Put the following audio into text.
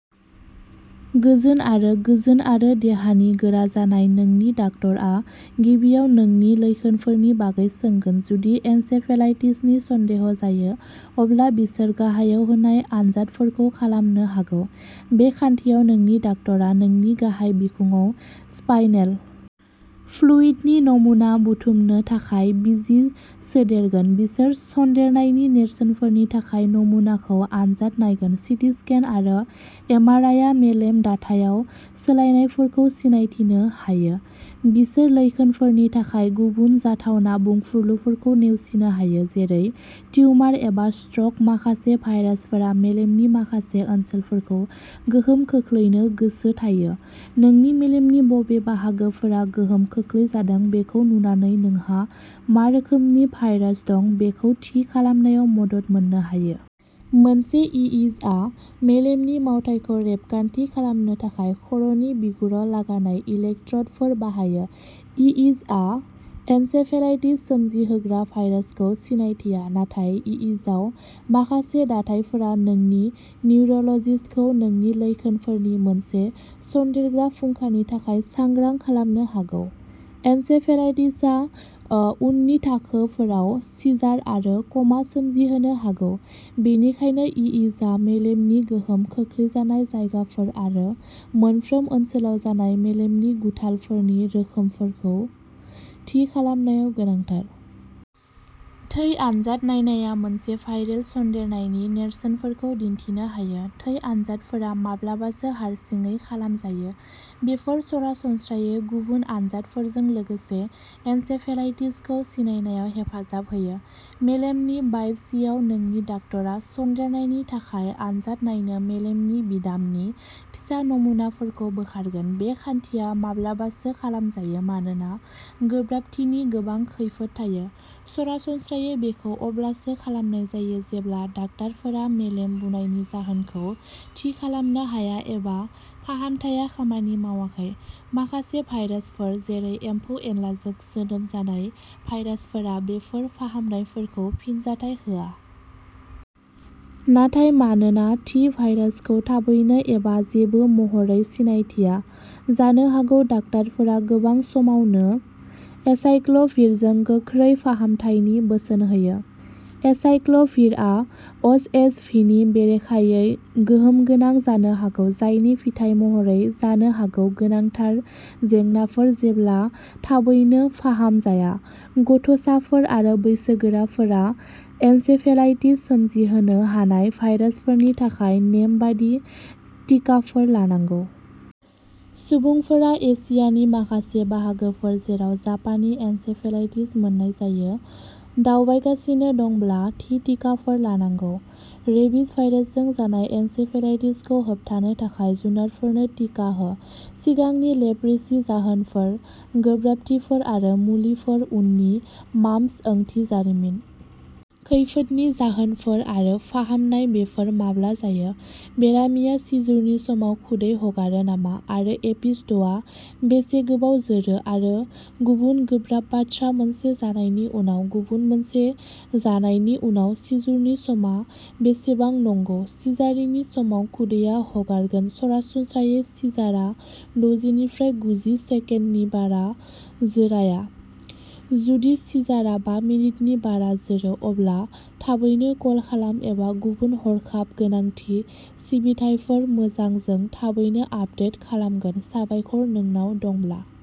गोजोन आरो गोजोन आरो देहानि गोरा जानाय नोंनि डाक्टारआ गिबियाव नोंनि लैखोनफोरनि बागै सोंगोन जुदि एन्सेफेलाइटिसनि सन्देह जायो अब्ला बिसोर गाहायाव होनाय आनजादफोरखौ खालामनो हागौ बे खान्थियाव नोंनि डाक्टारआ नोंनि गाहाय बिखुंआव स्पाइनेल फ्लुइडनि नमुना बुथुमनो थाखाय बिजि सोदेरगोन बिसोर सन्देरनायनि नेरसोनफोरनि थाखाय नमुनाखौ आनजाद नायगोन सिटि स्केन आरो एमआरआइआ मेलेम दाथायाव सोलायनायफोरखौ सिनायथिनो हायो बिसोर लैखोनफोरनि थाखाय गुबुन जाथावना बुंफुरलुफोरखौ नेवसिनो हायो जेरै टिउमार एबा स्ट्रक माखासे भाइरासफोरा मेलेमनि माखासे ओनसोलफोरखौ गोहोम खोख्लैनो गोसो थायो नोंनि मेलेमनि बबे बाहागोफोरा गोहोम खोख्लैजादों बेखौ नुनानै नोंहा मा रोखोमनि भाइरास दं बेखौ थि खालामनायाव मदद मोननो हायो। मोनसे इइजिआ मेलेमनि मावथायखौ रेबगान्थि खालामनो थाखाय खर'नि बिगुराव लागायनाय इलेक्ट्र'डफोर बाहायो इइजिआ एन्सेफेलाइटिस सोमजिहोग्रा भाइरासखौ सिनायथिया नाथाय इइजिआव माखासे दाथायफोरा नोंनि निउर'ल'जिस्टखौ नोंनि लैखोनफोरनि मोनसे सनदेरग्रा फुंखानि थाखाय सांग्रां खालामनो हागौ एन्सेफेलाइटिसआ उननि थाखोफोराव सिजार आरो क'मा सोमजिहोनो हागौ बेनिखायनो इइजिआ मेलेमनि गोहोम खोख्लैजानाय जायगाफोर आरो मोनफ्रोम ओनसोलाव जानाय मेलेमनि गुथालफोरनि रोखोमफोरखौ थि खालामनायाव गोनांथार। थै आनजाद नायनाया मोनसे भाइरेल सन्देरनायनि नेरसोनफोरखौ दिन्थिनो हायो थै आनजादफोरा माब्लाबासो हारसिङै खालामजायो बेफोर सरासनस्रायै गुबुन आनजादफोरजों लोगोसे एन्सेफेलाइटिसखौ सिनायनायाव हेफाजाब होयो मेलेमनि बायपसीयाव नोंनि डाक्टारआ सन्देरनायनि थाखाय आनजाद नायनो मेलेमनि बिदामनि फिसा नमुनाफोरखौ बोखारगोन बे खान्थिया माब्लाबासो खालामजायो मानोना गोब्राबथिनि गोबां खैफोद थायो सरासनस्रायै बेखौ अब्लासो खालामनाय जायो जेब्ला डाक्टारफोरा मेलेम बुनायनि जाहोनखौ थि खालामनो हाया एबा फाहामथाया खामानि मावाखै माखासे भाइरासफोर जेरै एम्फौ-एनलाजों जोनोम जानाय भाइरासफोरा बेफोर फाहामनायफोरखौ फिनजाथाय होआ। नाथाय मानोना थि भाइरासखौ थाबैनो एबा जेबो महरै सिनायथिया जानो हागौ डाक्टारफोरा गोबां समावनो एसाइक्ल'भिरजों गोख्रै फाहामथायनि बोसोन होयो। एसाइक्ल'भिरआ ओस एस भि नि बेरेखायै गोहोमगोनां जानो हागौ जायनि फिथाय महरै जानो हागौ गोनांथार जेंनाफोर जेब्ला थाबैनो फाहामजाया गथ'साफोर आरो बैसोगोराफोरा एन्सेफेलाइटिस सोमजिहोनो हानाय भाइरासफोरनि थाखाय नेमबादि टिकाफोर लानांगौ। सुबुंफोरा एसियानि माखासे बाहागोफोर जेराव जापानी एन्सेफेलाइटिस मोननाय जायो दावबायगासिनो दंब्ला थि टिकाफोर लानांगौ रेबिस भाइरासजों जानाय एन्सेफेलाइटिसखौ होबथानो थाखाय जुनारफोरनो टिका हो सिगांनि लेप्रसि जाहोनफोर गोब्राबथिफोर आरो मुलिफोर उननि माम्प्स ओंथि जारिमिन खैफोदनि जाहोनफोर आरो फाहामनाय बेफोर माब्ला जायो बेरामिया सिजुरनि समाव खुदै हगारो नामा आरो एपिस'डआ बेसे गोबाव जोरो आरो गुबुन गोब्राब बाथ्रा मोनसे जानायनि उनाव गुबुन मोनसे जानायनि उनाव सिजुरनि समा बेसेबां नंगौ सिजारिनि समाव खुदैया हगारगोन सरासनस्रायै सिजारा दजि निफ्राय गुजि सेकेन्डनि बारा जोराया जुदि सिजारा बा मिनिटनि बारा जोरो अब्ला थाबैनो कल खालाम एबा गुबुन हरखाब गोनांथि सिबिथायफोर मोजां जों थाबैनो आपडेट खालामगोन साबायखर नोंनाव दंब्ला।